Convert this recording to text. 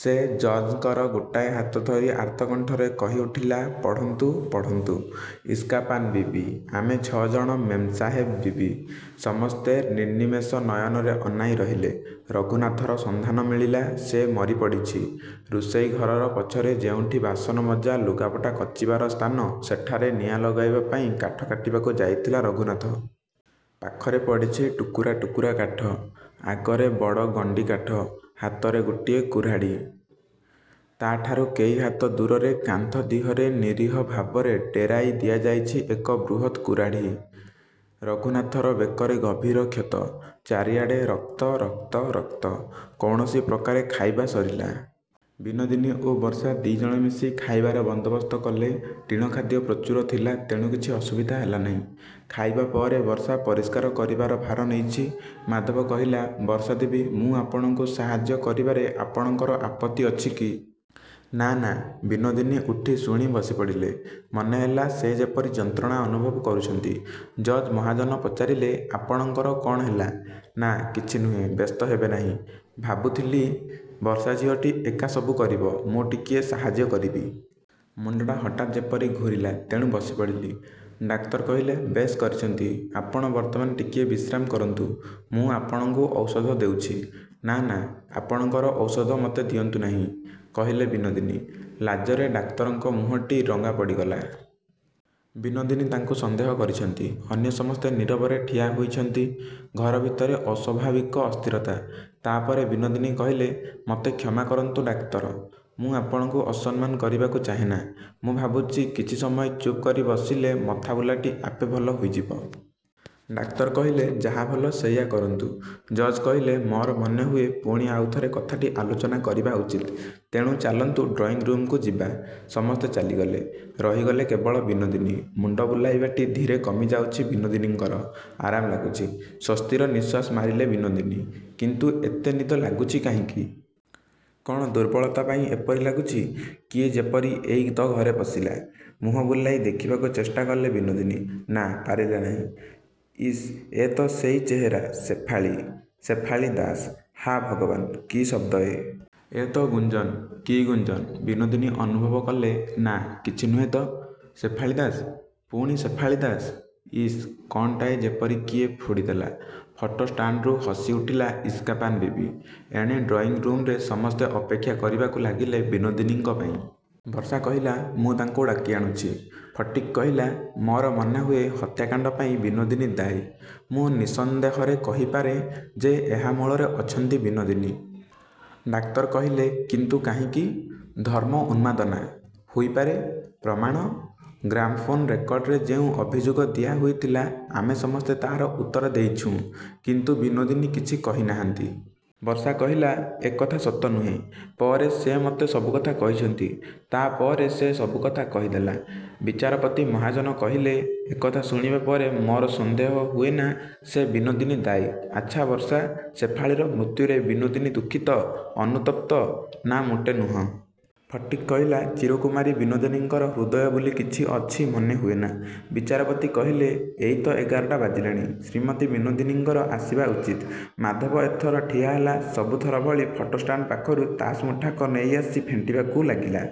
ସେ ଜଜ୍ଙ୍କର ଗୋଟାଏ ହାତ ଧରି ଆର୍ତ୍ତକଣ୍ଠରେ କହିଉଠିଲା-ପଢ଼ନ୍ତୁ, ପଢ଼ନ୍ତୁ, ଇସ୍କା ପାନ ବିବି, ଆମେ ଛଅଜଣ ମେମ୍ସାହେବ ବିବି। ସମସ୍ତେ ନିର୍ନିମେଷ ନୟନରେ ଅନାଇ ରହିଲେ। ରଘୁନାଥର ସନ୍ଧାନ ମିଳିଲା। ସେ ମରିପଡ଼ିଛି। ରୋଷେଇଘର ପଛରେ ଯେଉଁଠି ବାସନମଜା ଲୁଗାପଟା କାଚିବାର ସ୍ଥାନ ସେଠାରେ ନିଆଁ ଲଗାଇବା ପାଇଁ କାଠ କାଟିବାକୁ ଯାଇଥିଲା ରଘୁନାଥ। ପାଖରେ ପଡ଼ିଛି ଟୁକୁରା ଟୁକୁରା କାଠ। ଆଗରେ ବଡ଼ ଗଣ୍ଠିକାଠ। ହାତରେ ଗୋଟିଏ କୁରାଢ଼ି। ତା'ଠାରୁ କେଇ ହାତ ଦୂରରେ କାନ୍ଥ ଦିହରେ ନିରୀହ ଭାବରେ ଡେରାଇ ଦିଆଯାଇଛି ଏକ ବୃହତ୍ କୁରାଢ଼ି। ରଘୁନାଥର ବେକରେ ଗଭୀର କ୍ଷତ। ଚାରିଆଡ଼େ ରକ୍ତ, ରକ୍ତ, ରକ୍ତ। କୌଣସିପ୍ରକାରେ ଖାଇବା ସରିଲା। ବିନୋଦିନୀ ଓ ବର୍ଷା ଦି'ଜଣ ମିଶି ଖାଇବାର ବନ୍ଦୋବସ୍ତ କଲେ। ଟିଣଖାଦ୍ୟ ପ୍ରଚୁର ଥିଲା; ତେଣୁ କିଛି ଅସୁବିଧା ହେଲା ନାହିଁ। ଖାଇବା ପରେ ବର୍ଷା ପରିଷ୍କାର କରିବାର ଭାର ନେଇଛି। ମାଧବ କହିଲା-ବର୍ଷା ଦେବୀ, ମୁଁ ଆପଣଙ୍କୁ ସାହାଯ୍ୟ କରିବାରେ ଆପଣଙ୍କର ଆପତ୍ତି ଅଛି କି? -ନା, ନା। ବିନୋଦିନୀ ଉଠି ଶୁଣି ବସିପଡ଼ିଲେ। ମନେହେଲା ସେ ଯେପରି ଯନ୍ତ୍ରଣା ଅନୁଭବ କରୁଛନ୍ତି। ଜଜ୍ ମହାଜନ ପଚାରିଲେ-ଆପଣଙ୍କର କ'ଣ ହେଲା? -ନା, କିଛି ନୁହେଁ, ବ୍ୟସ୍ତ ହେବେ ନାହିଁ। ଭାବୁଥିଲି, ବର୍ଷା ଝିଅଟି ଏକା ସବୁ କରିବ! ମୁଁ ଟିକିଏ ସାହାଯ୍ୟ କରିବି। ମୁଣ୍ଡଟା ହଠାତ୍ ଯେପରି ଘୂରିଲା, ତେଣୁ ବସି ପଡ଼ିଲି। ଡାକ୍ତର କହିଲେ-ବେଶ୍ କରିଛନ୍ତି। ଆପଣ ବର୍ତ୍ତମାନ ଟିକିଏ ବିଶ୍ରାମ କରନ୍ତୁ। ମୁଁ ଆପଣଙ୍କୁ ଔଷଧ ଦେଉଛି। -ନା, ନା, ଆପଣଙ୍କର ଔଷଧ ମୋତେ ଦିଅନ୍ତୁ ନାହିଁ। କହିଲେ ବିନୋଦିନୀ। ଲାଜରେ ଡାକ୍ତରଙ୍କ ମୁହଁଟି ରଙ୍ଗା ପଡ଼ିଗଲା। ବିନୋଦିନୀ ତାଙ୍କୁ ସନ୍ଦେହ କରିଛନ୍ତି। ଅନ୍ୟ ସମସ୍ତେ ନୀରବରେ ଠିଆ ହୋଇଛନ୍ତି। ଘର ଭିତରେ ଅସ୍ଵାଭାବିକ ଅସ୍ଥିରତା। ତା'ପରେ ବିନୋଦିନୀ କହିଲେ-ମୋତେ କ୍ଷମା କରନ୍ତୁ, ଡାକ୍ତର, ମୁଁ ଆପଣଙ୍କୁ ଅସମ୍ମାନ କରିବାକୁ ଚାହେନା। ମୁଁ ଭାବୁଛି, କିଛି ସମୟ ଚୁପ୍କରି ବସିଲେ ମଥାବୁଲାଟି ଆପେ ଭଲ ହୋଇଯିବ। ଡାକ୍ତର କହିଲେ-ଯାହା ଭଲ ସେଇୟା କରନ୍ତୁ। ଜଜ୍ କହିଲେ-ମୋର ମନେହୁଏ ପୁଣି ଆଉ ଥରେ କଥାଟି ଆଲୋଚନା କରିବା ଉଚିତ-। ତେଣୁ ଚାଲନ୍ତୁ ଡ୍ରଇଂ ରୁମ୍କୁ ଯିବା। ସମସ୍ତେ ଚାଲିଗଲେ। ରହିଗଲେ କେବଳ ବିନୋଦିନୀ। ମୁଣ୍ଡ ବୁଲାଇବାଟି ଧୀରେ କମିଯାଉଛି ବିନୋଦିନୀଙ୍କର। ଆରାମ ଲାଗୁଛି। ସ୍ୱସ୍ତିର ନିଃଶ୍ୱାସ ମାରିଲେ ବିନୋଦିନୀ; କିନ୍ତୁ ଏତେ ନିଦ ଲାଗୁଛି କାହିଁକି? କ'ଣ, ଦୁର୍ବଳତା ପାଇଁ ଏପରି ଲାଗୁଛି? କିଏ ଯେପରି ଏଇ ତ ଘରେ ପଶିଲା। ମୁହଁ ବୁଲାଇ ଦେଖିବାକୁ ଚେଷ୍ଟା କଲେ ବିନୋଦିନୀ। ନା, ପାରିଲେ ନାହିଁ। ଇସ୍, ଏ ତ ସେଇ ଚେହେରା ଶେ-ଫା-ଳୀ। ଶେଫାଳୀ ଦାସ ହା ଭଗବାନ୍! କି ଶବ୍ଦ ଏ? ଏ ତ ଗୁଞ୍ଜନ! କି ଗୁଞ୍ଜନ? ବିନୋଦିନୀ ଅନୁଭବ କଲେ-ନା, କିଛି ନୁହେଁ ତ। ଶେଫାଳୀ ଦାସ ପୁଣି ଶେଫାଳୀ ଦାସ। ଇସ୍ କ'ଣଟାଏ ଯେପରି କିଏ ଫୋଡ଼ିଦେଲା। ଫଟୋ ଷ୍ଟାଣ୍ଡରୁ ହସିଉଠିଲା ଇସ୍କା ପାନ ବିବି। ଏଣେ ଡ୍ରଇଂ ରୁମରେ ସମସ୍ତେ ଅପେକ୍ଷା କରିବାକୁ ଲାଗିଲେ ବିନୋଦିନୀଙ୍କ ପାଇଁ। ବର୍ଷା କହିଲା-ମୁଁ ତାଙ୍କୁ ଡାକିଆଣୁଛି। ଫଟିକ୍ କହିଲା-ମୋର ମନେହୁଏ ହତ୍ୟାକାଣ୍ଡ ପାଇଁ ବିନୋଦିନୀ ଦାୟୀ। ମୁଁ ନିଃସନ୍ଦେହରେ କହିପାରେଁ ଯେ ଏହା ମୂଳରେ ଅଛନ୍ତି ବିନୋଦିନୀ। ଡାକ୍ତର କହିଲେ-କିନ୍ତୁ କାହିଁକି? -ଧର୍ମ ଉନ୍ମାଦନା। -ହୋଇପାରେ। ପ୍ରମାଣ? -ଗ୍ରାମୋଫୋନ୍ ରେକର୍ଡ଼ରେ ଯେଉଁ ଅଭିଯୋଗ ଦିଆ ହୋଇଥିଲା ଆମେ ସମସ୍ତେ ତା'ର ଉତ୍ତରଦେଇଛୁଁ, କିନ୍ତୁ ବିନୋଦିନୀ କିଛି କହିନାହାନ୍ତି। ବର୍ଷା କହିଲା-ଏକଥା ସତ ନୁହେଁ। ପରେ ସେ ମୋତେ ସବୁକଥା କହିଛନ୍ତି। ତା'ପରେ ସେ ସବୁକଥା କହିଦେଲା। ବିଚାରପତି ମହାଜନ କହିଲେ- ଏକଥା ଶୁଣିବା ପରେ ମୋର ସନ୍ଦେହ ହୁଏନା ସେ ବିନୋଦିନୀ ଦାୟୀ। ଆଚ୍ଛା ବର୍ଷା, ଶେଫାଳୀର ମୃତ୍ୟୁରେ ବିନୋଦିନୀ ଦୁଃଖିତ, ଅନୁତପ୍ତ? -ନା, ମୋଟେ ନୁହଁ। ଫଟିକ୍ କହିଲା-ଚିରକୁମାରୀ ବିନୋଦିନୀଙ୍କର ହୃଦୟ ବୋଲି କିଛି ଅଛି ମନେହୁଅନା।। ବିଚାରପତି କହିଲେ-ଏଇ ତ ଏଗାରଟା ବାଜିଲାଣି। ଶ୍ରୀମତୀ ବିନୋଦିନୀଙ୍କର ଆସିବା ଉଚିତ। ମାଧବ ଏଥର ଠିଆହେଲା। ସବୁଥର ଭଳି ଫୋଟ ଷ୍ଟାଣ୍ଡ ପାଖରୁ ତାସ୍ ମୁଠାକ ନେଇଆସି ଫେଣ୍ଟିବାକୁ ଲାଗିଲା।